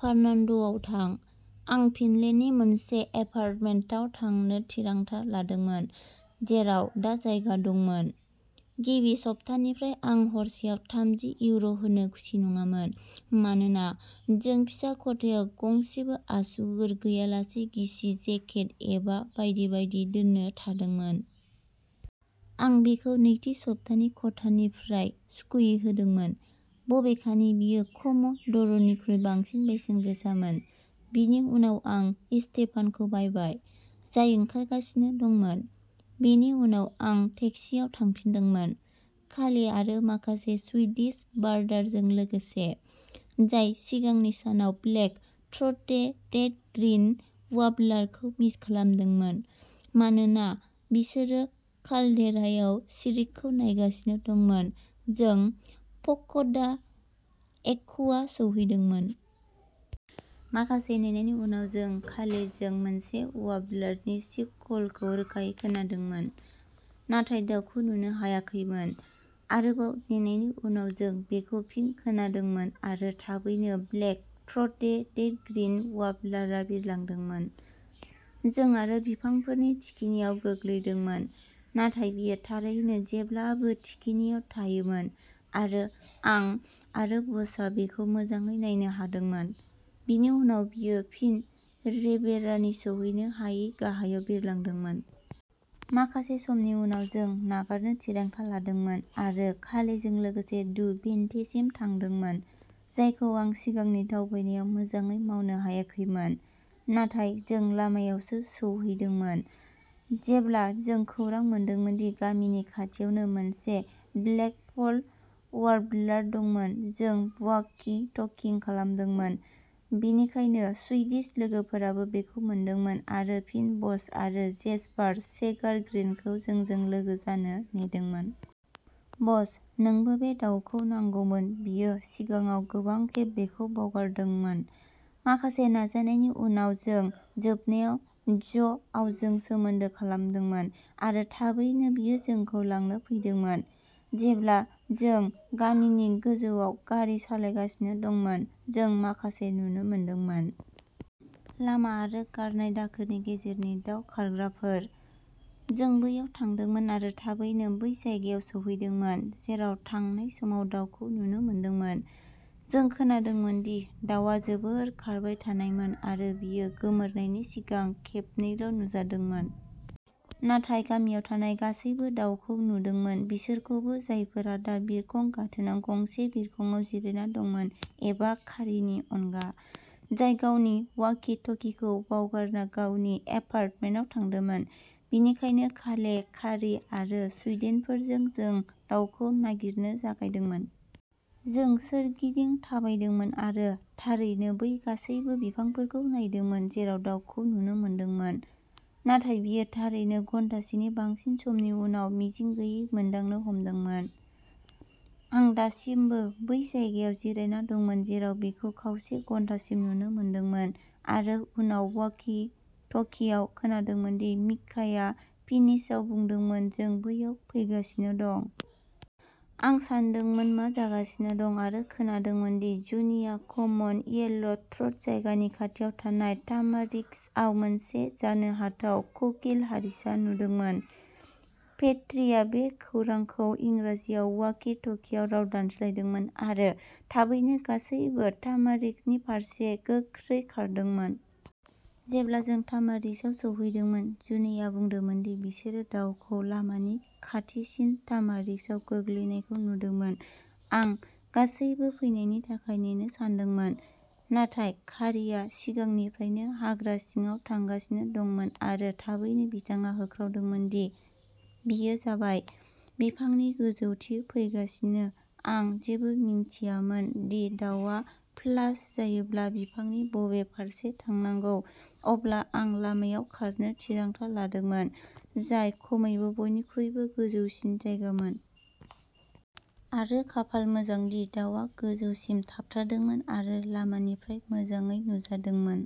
फार्नान्ड'आव थां। आं फिनलेन्डनि मोनसे एपार्टमेन्टाव थांनो थिरांथा लादोंमोन, जेराव दा जायगा दंमोन। गिबि सप्तानिफ्राय आं हरसेआव थामजि इउर' होनो खुसि नङामोन, मानोना जों फिसा खथायाव गंसेबो आसुगुर गैयालासे गिसि जेकेट एबा बायदि बायदि दोननो थादोंमोन। आं बेखौ नैथि सप्तानि खथानिफ्राय सुखुयै होदोंमोन, बबेखानि बेयो कम'डर'निख्रुइ बांसिन बेसेन गोसामोन। बेनि उनाव आं स्टेफानखौ बायबाय, जाय ओंखारगासिनो दंमोन। बेनि उनाव आं टेक्सिआव थांफिनदोंमोन। काले आरो माखासे सुइडिश बार्डारजों लोगोसे, जाय सिगांनि सानाव ब्लेक-थ्र'टेटेड ग्रीन वार्बलारखौ मिस खालामदोंमोन, मानोना बिसोरो काल्डेरायाव सिरिकखौ नायगासिनो दंमोन, जों प'क'दा एक्वा सौहैदोंमोन। माखासे नेनायनि उनाव जों कालेजों मोनसे वार्बलारनि चिप-कलफोरखौ रोखायै खोनादोंमोन, नाथाय दाउखौ नुनो हायाखैमोन। आरोबाव नेनायनि उनाव जों बेखौ फिन खोनादोंमोन आरो थाबैनो ब्लेक-थ्र'टेटेड ग्रीन वार्बलारआ बिरलांदोंमोन। जों आरो बिफांफोरनि थिखिनियाव गोग्लैदोंमोन। नाथाय बेयो थारैनो जेब्लाबो थिखिनियाव थायोमोन आरो आं आरो ब'स'आ बेखौ मोजाङै नायनो हादोंमोन, बेनि उनाव बेयो फिन रिबेरानि सौहैनो हायै गाहायाव बिरलांदोंमोन। माखासे समनि उनाव जों नागारनो थिरांथा लादोंमोन आरो कालेजों लोगोसे डु भिन्टेसिम थांदोंमोन, जायखौ आं सिगांनि दावबायनायाव मोजाङै मावनो हायाखैमोन। नाथाय जों लामायावसो सौहैदोंमोन, जेब्ला जों खौरां मोनदोंमोन दि गामिनि खाथियाव मोनसे ब्लेकपल वार्बलार दंमोन जों वाकी-टकिं खालामदोंमोन, बेनिखायनो सुइडिश लोगोफोराबो बेखौ मोनदोंमोन आरो फिन ब'स' आरो जेस्पार सेगारग्रेनखौ जोंजों लोगो जानो नेदोंमोन। ब'स' नोबो बे दाउखौ नांगौमोन बियो सिगाङाव गोबां खेब बेखौ बावगारदोंमोन। माखासे नाजानायनि उनाव जों जोबनायाव ज'आवजों सोमोन्दो खालामदोंमोन आरो थाबैनो बियो जोंखौ लांनो फैदोंमोन। जेब्ला जों गामिनि गोजौआव गारि सालायगासिनो दंमोन, जों माखासे नुनो मोनदोंमोन। लामा आरो गारनाय दाखोरनि गेजेरनि दाव खारग्राफोर। जों बैयाव थांदोंमोन आरो थाबैनो बै जायगायाव सौहैदोंमोन जेराव थांनाय समाव दाउखौ नुनो मोनदोंमोन। जों खोनादोंमोन दि दाउआ जोबोद खारबाय थानायमोन आरो बेयो गोमोरनायनि सिगां खेबनैल' नुजादोंमोन। नाथाय गामियाव थानाय गासैबो दाउखौ नुदोंमोन बिसोरखौबो जायफोरा दा बिरखं गाथोनआव गंसे बिरखंआव जिरायना दंमोन एबा कारीनि अनगा, जाय गावनि वाकी-टकीखौ बावगारना गावनि एपार्टमेन्टआव थांदोंमोन। बेनिखायनो काले, कारी आरो सुइडेनफोरजों जों दाउखौ नागिरनो जागायदोंमोन। जों सोरगिदिं थाबायदोंमोन आरो थारैनो बै गासैबो बिफांफोरखौ नायदोंमोन जेराव दाउखौ नुनो मोनदोंमोन, नाथाय बेयो थारैनो घन्टासेनि बांसिन समनि उनाव मिजिं गैयै मोनदांनो हमदोंमोन। आं दासिमबो बै जायगायाव जिरायना दंमोन जेराव बेखौ खावसे घन्टासिम नुनो मोनदोंमोन आरो उनाव वाकी-टकीआव खोनादोंमोन दि मिकाया फिनिशआव बुंदोंमोन जों बैयाव फैगासिनो दं। आं सोंदोंमोन मा जागासिनो दं आरो खोनादोंमोन दि जुनिआ कमन येल्ल'थ्र'ट जायगानि खाथियाव थानाय तामारिस्कआव मोनसे जानो हाथाव कोकिल-हारिसा नुदोंमोन। पेट्रीआ बे खौरांखौ इंराजियाव वाकी-टकीआव राव दानस्लायदोंमोन आरो थाबैनो गासैबो तामारिस्कनि फारसे गोख्रै खारदोंमोन। जेब्ला जों तामारिस्कआव सौहैदोंमोन, जुनिआ बुंदोंमोन दि बिसोरो दाउखौ लामानि खाथिसिन तामारिस्कआव गोग्लैनायखौ नुदोंमोन। आं गासैबो फैनायनि थाखाय नेनो सानदोंमोन, नाथाय कारीआ सिगांनिफ्रायनो हाग्रा सिङाव थांगासिनो दंमोन आरो थाबैनो बिथाङा होख्रावदोंमोनदि बेयो जाबाय, बिफांनि गोजौथिं फैगासिनो आं जेबो मिन्थियामोन दि दाउआ फ्लास जायोब्ला बिफांनि बबे फारसे थांनांगौ अब्ला आं लामायाव खारनो थिरांथा लादोंमोन, जाय खमैबो बयनिख्रुइबो गोजौसिन जायगामोन। आरो खाफाल मोजां दि दाउआ गोजौसिम थाबथादोंमोन आरो लामानिफ्राय मोजाङै नुजादोंमोन।